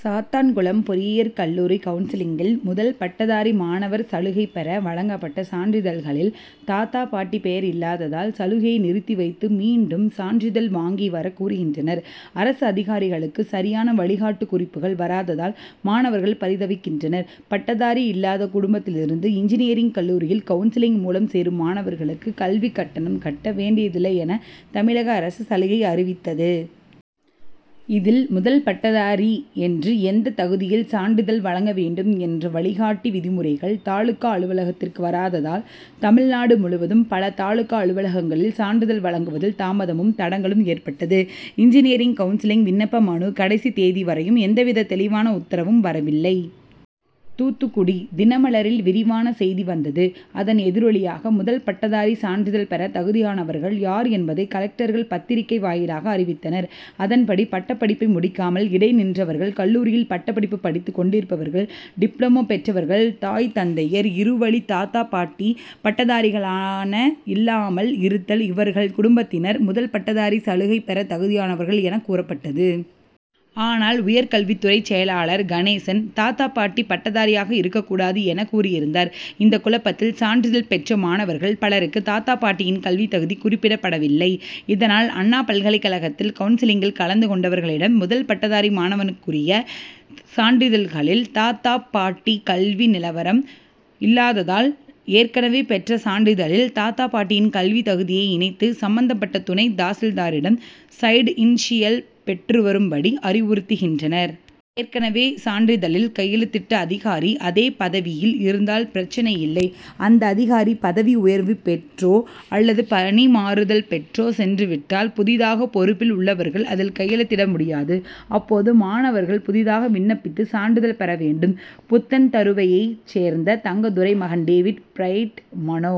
சாத்தான்குளம் பொறியியற் கல்லூரி கவுன்சிலிங்கில் முதல்பட்டதாரி மாணவர் சலுகை பெற வழங்கப்பட்ட சான்றிதழ்களில் தாத்தா பாட்டி பெயர் இல்லாததால் சலுகையை நிறுத்தி வைத்து மீண்டும் சான்றிதழ் வாங்கி வர கூறுகின்றனர். அரசு அதிகாரிகளுக்கு சரியான வழிகாட்டு குறிப்புகள் வராததால் மாணவர்கள் பரிதவிக்கின்றனர். பட்டதாரி இல்லாத குடும்பத்திலிருந்து இன்ஜினியரிங் கல்லூரியில் கவுன்சிலிங் மூலம் சேரும் மாணவர்களுக்கு கல்விக் கட்டணம் கட்ட வேண்டியதில்லை என தமிழக அரசு சலுகை அறிவித்தது. இதில் முதல் பட்டதாரி என்று எந்தத் தகுதியில் சான்றிதழ் வழங்க வேண்டும் என்ற வழிகாட்டி விதிமுறைகள் தாலுகா அலுவலகத்திற்கு வராததால் தமிழ்நாடு முழுவதும் பல தாலுகா அலுவலகங்களில் சான்றிதழ் வழங்குவதில் தாமதமும் தடங்கலும் ஏற்பட்டது. இஞ்ஜினியரிங் கவுன்சிலிங் விண்ணப்ப மனு கடைசி தேதி வரையும் எந்தவித தெளிவான உத்தரவும் வரவில்லை. தூத்துக்குடி தினமலரில் விரிவான செய்தி வந்தது. அதன் எதிரொலியாக முதல்பட்டதாரி சான்றிதழ் பெற தகுதியானவர்கள் யார் என்பதை கலெக்டர்கள் பத்திரிகை வாயிலாக அறிவித்தனர். அதன் படி பட்டப்படிப்பை முடிக்காமல் இடை நின்றவர்கள், கல்லூரியில் பட்டப்படிப்பு படித்து கொண்டிருப்பவர்கள், டிப்ளமோ பெற்றவர்கள், தாய் தந்தையர் இருவழி தாத்தா பாட்டி பட்டதாரிகளான இல்லாமல் இருத்தல் இவர்கள் குடும்பத்தினர் முதல் பட்டதாரி சலுகை பெறத் தகுதியானவர்கள் என கூறப்பட்டது. ஆனால் உயர்கல்வித்துறைச் செயலாளர் கணேசன் தாத்தா, பாட்டி பட்டதாரியாக இருக்கக்கூடாது என கூறியிருந்தார். இந்த குழப்பத்தில் சான்றிதழ் பெற்ற மாணவர்கள் பலருக்கு தாத்தா பாட்டியின் கல்வித்தகுதி குறிப்பிடப்படவில்லை. இதனால் அண்ணா பல்கலைக் கழகத்தில் கவுன்சிலிங்கில் கலந்து கொண்டவர்களிடம் முதல் பட்டதாரி மாணவனுக்குரிய சான்றிதழ்களில் தாத்தா பாட்டி கல்வி நிலவரம் இல்லாததால் ஏற்கனவே பெற்ற சான்றிதழில் தாத்தா பாட்டியின் கல்வித் தகுதியை இணைத்து சம்பந்தப்பட்ட துணைத் தாசில்தாரிடம் சைடு இனிஷியல் பெற்றுவரும் படி அறிவுறுத்துகின்றனர். ஏற்கனவே சான்றிதழில் கையெழுத்திட்ட அதிகாரி அதே பதவியில் இருந்தால் பிரச்னை இல்லை. அந்த அதிகாரி பதவி உயர்வு பெற்றோ அல்லது பணிமாறுதல் பெற்றோ சென்று விட்டால் புதிதாக பொறுப்பில் உள்ளவர்கள் அதில் கையெழுத்திட முடியாது. அப்போது மாணவர்கள் புதிதாக விண்ணப்பித்து சான்றிதழ் பெற வேண்டும். புத்தன்தருவையைச் சேர்ந்த தங்கத்துரை மகன் டேவிட் பிரைட் மனோ.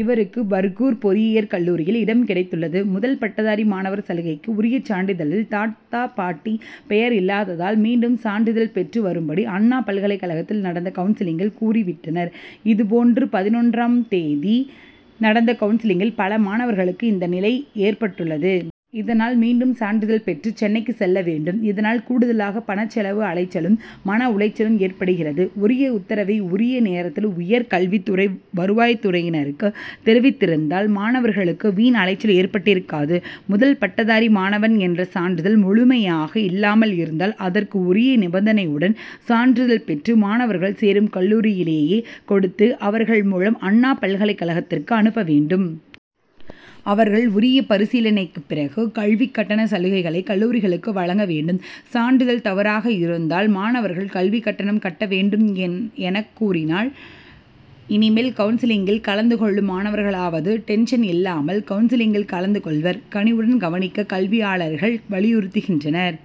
இவருக்கு பர்கூர் பொறியியற் கல்லூரியில் இடம் கிடைத்துள்ளது. முதல் பட்டதாரி மாணவர் சலுகைக்கு உரிய சான்றிதழில் தாத்தா பாட்டி பெயர் இல்லாததால் மீண்டும் சான்றிதழ் பெற்று வரும்படி அண்ணா பல்கலைக்கழகத்தில் நடந்த கவுன்சிலிங்கில் கூறி விட்டனர். இதுபோன்று பதினொன்றாம் தேதி நடந்த கவுன்சிலிங்கில் பல மாணவர்களுக்கு இந்த நிலை ஏற்பட்டுள்ளது. இதனால் மீண்டும் சான்றிதழ் பெற்று சென்னைக்கு செல்ல வேண்டும். இதனால் கூடுதலாக பணச் செலவும் அலைச்சலும், மன உளைச்சலும் ஏற்படுகிறது. உரிய உத்தரவை உரிய நேரத்தில் உயர் கல்வித்துறை வருவாய்த்துறையினருக்கு தெரிவித்திருந்தால் மாணவர்களுக்கு வீண் அலைச்சல் ஏற்பட்டிருக்காது. முதல் பட்டதாரி மாணவன் என்ற சான்றிதழ் முழுமையாக இல்லாமல் இருந்தால் அதற்கு உரிய நிபந்தனையுடன் சான்றிதழ் பெற்று மாணவர்கள் சேரும் கல்லூரியிலேயே கொடுத்து அவர்கள் மூலம் அண்ணா பல்கலைக்கழகத்திற்கு அனுப்ப வேண்டும். அவர்கள் உரிய பரிசீலனைக்குப் பிறகு கல்விக் கட்டணச் சலுகைகளை கல்லூரிகளுக்கு வழங்க வேண்டும். சான்றிதழ் தவறாக இருந்தால் மாணவர்கள் கல்விக்கட்டணம் கட்ட வேண்டும் என கூறினால் இனிமேல் கவுன்சிலிங்கில் கலந்து கொள்ளும் மாணவர்களாவது டென்ஷன் இல்லாமல் கவுன்சிலிங்கில் கலந்து கொள்வர். கனிவுடன் கவனிக்க கல்வியாளர்கள் வலியுறுத்துகின்றனர்.